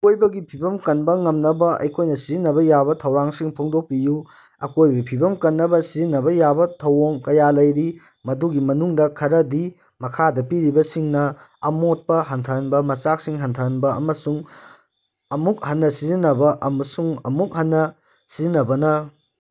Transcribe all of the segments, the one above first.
ꯑꯀꯣꯢꯕꯒꯤ ꯐꯤꯕꯝ ꯀꯟꯕ ꯉꯝꯅꯕ ꯑꯩꯈꯣꯢꯅ ꯁꯤꯖꯤꯟꯅꯕ ꯌꯥꯕ ꯊꯧꯔꯥꯡꯁꯤꯡ ꯐꯣꯡꯗꯣꯛꯄꯤꯌꯨ꯫ ꯑꯀꯣꯢꯕꯒꯤ ꯐꯤꯕꯝ ꯀꯟꯅꯕ ꯁꯤꯖꯤꯟꯅꯕꯥ ꯌꯥꯕ ꯊꯧꯑꯣꯡ ꯀꯌꯥ ꯂꯩꯔꯤ ꯃꯗꯨꯒꯤ ꯃꯅꯨꯡꯗ ꯈꯔꯗꯤ ꯃꯈꯥꯗ ꯄꯤꯔꯤꯕꯁꯤꯡꯅ ꯑꯃꯣꯠꯄ ꯍꯟꯊꯍꯟꯕ ꯃꯆꯥꯛꯁꯤꯡ ꯍꯟꯊꯍꯟꯕ ꯑꯃꯨꯛ ꯍꯟꯅ ꯁꯤꯖꯤꯟꯅꯕ ꯑꯃꯁꯨꯡ ꯑꯃꯨꯛ ꯍꯟꯅ ꯁꯤꯖꯤꯟꯅꯕꯅ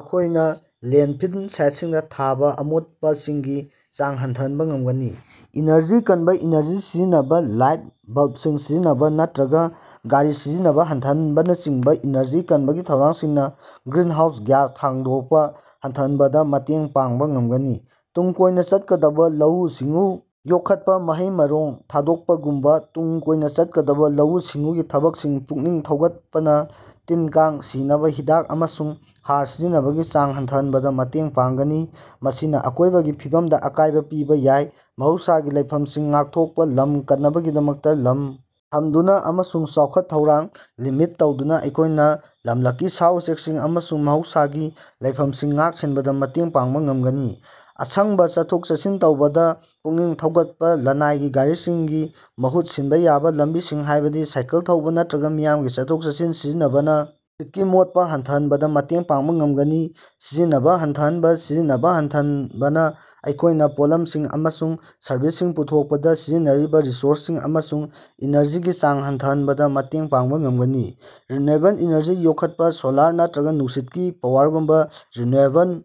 ꯑꯩꯈꯣꯢꯅ ꯂꯦꯟꯗꯐꯤꯜ ꯁꯥꯏꯠꯁꯤꯡꯗ ꯊꯥꯕ ꯑꯃꯣꯠꯄꯁꯤꯡꯒꯤ ꯆꯥꯡ ꯍꯟꯊꯍꯟꯕ ꯉꯝꯒꯅꯤ꯫ ꯏꯅꯔꯖꯤ ꯀꯟꯕ ꯏꯅꯔꯖꯤ ꯁꯤꯖꯤꯟꯅꯕ ꯂꯥꯏꯠ ꯕꯜꯕꯁꯤꯡ ꯁꯤꯖꯤꯟꯅꯕ ꯅꯠꯇ꯭ꯔꯒ ꯒꯥꯔꯤ ꯁꯤꯖꯤꯟꯅꯕ ꯍꯟꯊꯍꯟꯕꯅꯆꯤꯡꯕ ꯏꯅꯔꯖꯤ ꯀꯟꯕꯒꯤ ꯊꯧꯔꯥꯡꯁꯤꯡꯅ ꯒ꯭ꯔꯤꯟꯍꯥꯎꯁ ꯒ꯭ꯌꯥꯁ ꯊꯥꯗꯣꯛꯄ ꯍꯟꯊꯍꯟꯕꯗ ꯃꯇꯦꯡ ꯄꯥꯡꯕ ꯉꯝꯒꯅꯤ꯫ ꯇꯨꯡ ꯀꯣꯏꯅ ꯆꯠꯀꯗꯕ ꯂꯧꯎ-ꯁꯤꯡꯎ ꯌꯣꯛꯈꯠꯄ ꯃꯍꯩ-ꯃꯔꯣꯡ ꯊꯥꯗꯣꯛꯄꯒꯨꯝꯕ ꯇꯨꯡ ꯀꯣꯏꯅ ꯆꯠꯀꯗꯕ ꯂꯧꯎ-ꯁꯤꯡꯎꯒꯤ ꯊꯕꯛꯁꯤꯡ ꯄꯨꯛꯅꯤꯡ ꯊꯧꯒꯠꯄꯅ ꯇꯤꯟ ꯀꯥꯡ ꯁꯤꯅꯕ ꯍꯤꯗꯥꯛ ꯑꯃꯁꯨꯡ ꯍꯥꯔ ꯁꯤꯖꯤꯟꯅꯕꯒꯤ ꯆꯥꯡ ꯍꯟꯊꯍꯟꯕꯗ ꯃꯇꯦꯡ ꯄꯥꯡꯒꯅꯤ ꯃꯁꯤꯅ ꯑꯀꯣꯢꯕꯒꯤ ꯐꯤꯕꯝꯗ ꯑꯀꯥꯢꯕ ꯄꯤꯕꯥ ꯌꯥꯏ꯫ ꯃꯍꯧꯁꯥꯒꯤ ꯂꯩꯐꯝꯁꯤꯡ ꯉꯥꯛꯊꯣꯛꯄ ꯂꯝ ꯀꯟꯅꯕꯒꯤꯗꯃꯛ ꯂꯝ ꯊꯝꯗꯨꯅ ꯑꯃꯁꯨꯡ ꯆꯥꯎꯈꯠ-ꯊꯧꯔꯥꯡ ꯂꯤꯃꯤꯠ ꯇꯧꯗꯨꯅ ꯑꯩꯈꯣꯢꯅ ꯂꯝꯂꯛꯀꯤ ꯁꯥ-ꯎꯆꯦꯛꯁꯤꯡ ꯑꯃꯁꯨꯡ ꯃꯍꯧꯁꯥꯒꯤ ꯂꯩꯐꯝꯁꯤꯡ ꯉꯥꯛ-ꯁꯦꯟꯕꯗ ꯃꯇꯦꯡ ꯄꯥꯡꯕꯥ ꯉꯝꯒꯅꯤ꯫ ꯑꯁꯪꯕ ꯆꯠꯊꯣꯛ-ꯆꯠꯁꯤꯟ ꯇꯧꯕꯗ ꯄꯨꯛꯅꯤꯡ ꯊꯧꯒꯠꯄ ꯂꯅꯥꯏꯒꯤ ꯒꯥꯔꯤꯁꯤꯡꯒꯤ ꯃꯍꯨꯠ ꯁꯤꯟꯕ ꯌꯥꯕ ꯂꯝꯕꯤꯁꯤꯡ ꯍꯥꯢꯕꯗꯤ ꯁꯥꯏꯀꯜ ꯊꯧꯕꯥ ꯅꯠꯇ꯭ꯔꯒ ꯃꯤꯌꯥꯝꯒꯤ ꯆꯠꯊꯣꯛ-ꯆꯠꯁꯤꯟ ꯁꯤꯖꯤꯟꯅꯕꯅ ꯅꯨꯡꯁꯤꯠ ꯀꯤ ꯃꯣꯠꯄ ꯍꯟꯊꯍꯟꯕꯗ ꯃꯇꯦꯡ ꯄꯥꯡꯕ ꯉꯝꯒꯅꯤ꯫ ꯁꯤꯖꯤꯟꯅꯕ ꯍꯟꯊꯍꯟꯕ: ꯁꯤꯖꯤꯟꯅꯕ ꯍꯟꯊꯍꯟꯕꯅ ꯑꯩꯈꯣꯏꯅ ꯄꯣꯠꯂꯝꯁꯤꯡ ꯑꯃꯁꯨꯡ ꯁꯔꯕꯤꯁꯁꯤꯡ ꯄꯨꯊꯣꯛꯄꯗ ꯁꯤꯖꯤꯟꯅꯔꯤꯕ ꯔꯤꯁꯣꯔꯁꯁꯤꯡ ꯑꯃꯁꯨꯡ ꯏꯅꯔꯖꯤꯒꯤ ꯆꯥꯡ ꯍꯟꯊꯍꯟꯕꯗ ꯃꯇꯦꯡ ꯄꯥꯡꯕ ꯉꯝꯒꯅꯤ꯫ ꯔꯤꯟꯌꯨꯑꯦꯕꯜ ꯏꯅꯔꯖꯤ ꯌꯣꯛꯈꯠꯄꯥ ꯁꯣꯂꯥꯔ ꯅꯠꯇ꯭ꯔꯒ ꯅꯨꯡꯁꯤꯠꯀꯤ ꯄꯥꯋꯔꯒꯨꯝꯕ ꯔꯤꯟꯌꯨꯑꯦꯕꯜ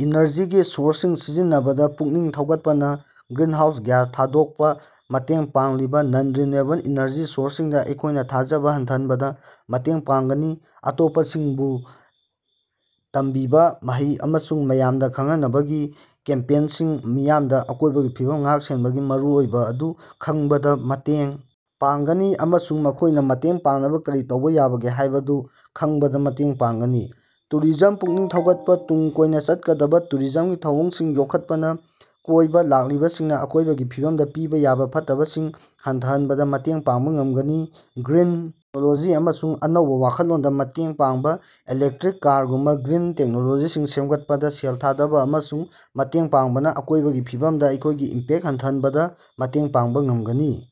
ꯏꯅꯔꯖꯤꯒꯤ ꯁꯣꯔꯁꯁꯤꯡ ꯁꯤꯖꯤꯟꯅꯕꯗ ꯄꯨꯛꯅꯤꯡ ꯊꯧꯒꯠꯄꯅ ꯒ꯭ꯔꯤꯟꯍꯥꯎꯁ ꯒ꯭ꯌꯥꯁ ꯊꯥꯗꯣꯛꯄ ꯃꯇꯦꯡ ꯄꯥꯡꯂꯤꯕ ꯅꯟ-ꯔꯤꯟꯌꯨꯑꯦꯕꯜ ꯏꯅꯔꯖꯤ ꯁꯣꯔꯁꯁꯤꯡꯗ ꯑꯩꯈꯣꯢꯅ ꯊꯥꯖꯕ ꯍꯟꯊꯍꯟꯕꯗ ꯃꯇꯦꯡ ꯄꯥꯡꯒꯅꯤ꯫ ꯑꯇꯣꯞꯄꯁꯤꯡꯕꯨ ꯇꯝꯕꯤꯕ ꯃꯍꯩ ꯑꯃꯁꯨꯡ ꯃꯌꯥꯝꯗ ꯈꯪꯍꯟꯅꯕꯒꯤ ꯀꯦꯝꯄꯦꯠꯟꯁꯤꯡꯅ ꯃꯤꯌꯥꯝꯗ ꯑꯀꯣꯢꯕꯒꯤ ꯐꯤꯕꯝ ꯉꯥꯛ-ꯁꯦꯟꯕꯒꯤ ꯃꯔꯨꯑꯣꯏꯕ ꯑꯗꯨ ꯈꯪꯕꯗ ꯃꯇꯦꯡ ꯄꯥꯡꯒꯅꯤ ꯑꯃꯁꯨꯡ ꯃꯈꯣꯢꯅ ꯃꯇꯦꯡ ꯄꯥꯡꯅꯕ ꯀꯔꯤ ꯇꯧꯕꯥ ꯌꯥꯕꯒꯦ ꯍꯥꯢꯕꯗꯨ ꯈꯪꯕꯗ ꯃꯇꯦꯡ ꯄꯥꯡꯒꯅꯤ꯫ ꯇꯨꯔꯤꯖꯝ ꯄꯨꯛꯅꯤꯡ ꯊꯧꯒꯠꯄꯥ: ꯇꯨꯡ ꯀꯣꯏꯅ ꯆꯠꯀꯗꯕ ꯇꯨꯔꯤꯖꯝꯒꯤ ꯊꯧꯑꯣꯡꯁꯤꯡ ꯌꯣꯛꯈꯠꯄꯅ ꯀꯣꯏꯕ ꯂꯥꯛꯂꯤꯕꯁꯤꯡꯅ ꯑꯀꯣꯢꯕꯒꯤ ꯐꯤꯕꯝꯗ ꯄꯤꯕ ꯌꯥꯕ ꯐꯠꯇꯕꯁꯤꯡ ꯍꯟꯊꯍꯟꯕꯗ ꯃꯇꯦꯡ ꯄꯥꯡꯕꯥ ꯉꯝꯒꯅꯤ꯫ ꯒ꯭ꯔꯤꯟ ꯇꯦꯛꯅꯣꯂꯣꯖꯤ ꯑꯃꯁꯨꯡ ꯑꯅꯧꯕ ꯋꯥꯈꯜꯂꯣꯟꯗ ꯃꯇꯦꯡ ꯄꯥꯡꯕ: ꯏꯂꯦꯛꯇ꯭ꯔꯤꯛ ꯀꯥꯔꯒꯣꯒꯨꯝꯕ ꯒ꯭ꯔꯤꯟ ꯇꯦꯛꯅꯣꯂꯣꯖꯤꯁꯤꯡ ꯁꯦꯝꯒꯠꯄꯗ ꯁꯦꯜ ꯊꯥꯗꯕ ꯑꯃꯁꯨꯡ ꯃꯇꯦꯡ ꯄꯥꯡꯕꯅ ꯑꯀꯣꯢꯕꯒꯤ ꯐꯤꯕꯝꯗ ꯑꯩꯈꯣꯢꯒꯤ ꯏꯝꯄꯦꯛꯇ ꯍꯟꯊꯍꯟꯕꯗ ꯃꯇꯦꯡ ꯄꯥꯡꯕ ꯉꯝꯒꯅꯤ꯫